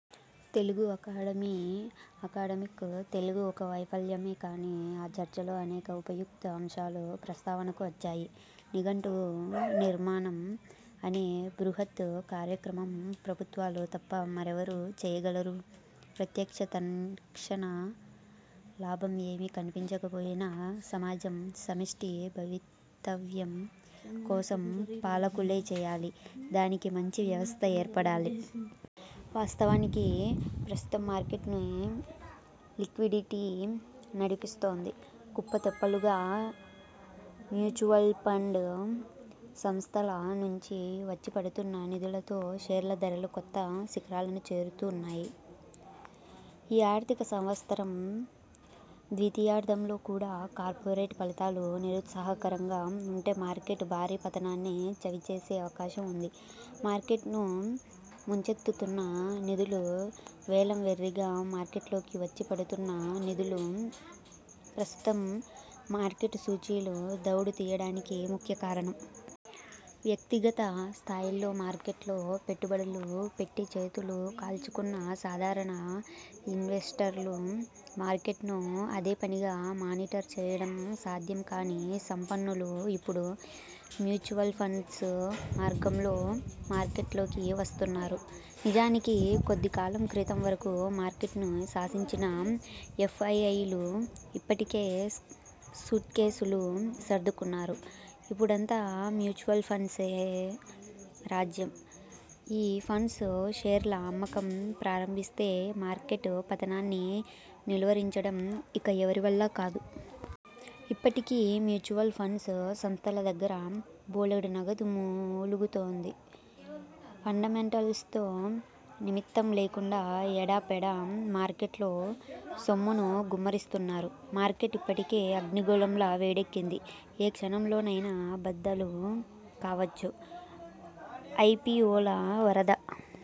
Telugu Academy academic Telugu ఒక వైఫల్యమే కానీ, ఆ చర్చలో అనేక ఉపయుక్త అంశాలు ప్రస్తావనకు వచ్చాయి. నిఘంటునిర్మాణం అనే బృహత్ కార్యక్రమం ప్రభుత్వాలు తప్ప మరెవరు చేయగలరు? ప్రత్యక్ష, తక్షణ లాభం ఏమీ కనిపించకపోయినా, సమాజం సమష్టి భవితవ్యం కోసం పాలకులే చేయాలి. దానికి మంచి వ్యవస్థ ఏర్పడాలి. వాస్తవానికి ప్రస్తుతం మార్కెట్ను లిక్విడిటీ నడిపిస్తోంది. కుప్పతెప్పలుగా మ్యూచువల్ఫండ్ సంస్థల నుంచి వచ్చిపడుతున్న నిధులతో షేర్ల ధరలు కొత్త శిఖరాలను చేరు తున్నాయి. ఈ ఆర్థిక సంవత్సరం ద్వితీయార్ధంలో కూడా కార్పొరేట్ ఫలితాలు నిరుత్సాహకరంగా ఉంటే మార్కెట్ భారీ పతనాన్నే చవిచేసే అవకాశం ఉంది. మార్కెట్ను ముంచెత్తుతున్న నిధులు వేలంవెర్రీగా మార్కెట్లోకి వచ్చి పడుతున్న నిధులు ప్రస్తు తం మార్కెట్ సూచీలు దౌడు తీయడానికి ముఖ్యకారణం. వ్యక్తిగత స్థాయిల్లో మార్కెట్లో పెట్టుబడులు పెట్టి చేతులుకాల్చుకున్న సాధారణ ఇన్వెస్టర్లు, మార్కెట్ను అదేపనిగా మానిటర్ చేయడం సాధ్యంకాని సంపన్నులు ఇప్పుడు మ్యూచువల్ఫండ్స్ మార్గంలో మార్కెట్లోకి వస్తున్నారు. నిజానికి కొద్దికాలం క్రితం వరకు మార్కెట్ను శాసించిన ఎఫ్ఐఐలు ఇప్పటికే సూట్కేసులు సర్దుకున్నారు. ఇప్పుడంతా మ్యూచువల్ఫండ్స్దే రాజ్యం. ఈ ఫండ్స్ షేర్ల అమ్మకం ప్రారంభిస్తే మా ర్కెట్ పతనాన్ని నిలువరించడం ఇక ఎవరివల్లా కాదు. ఇప్పటికీ మ్యూచువల్ ఫండ్స్ సంస్థల దగ్గర బోలెడు నగదు మూ లుగుతోంది. ఫండమెంటల్స్తో నిమిత్తం లేకుండా ఎడాపెడా మార్కెట్లో సొమ్మును గుమ్మరిస్తున్నారు. మార్కెట్ ఇప్పటికే అగ్నిగోళంలా వేడెక్కింది. ఏ క్షణంలోనైనా బద్దలు కావచ్చు. ఐపిఒల వరద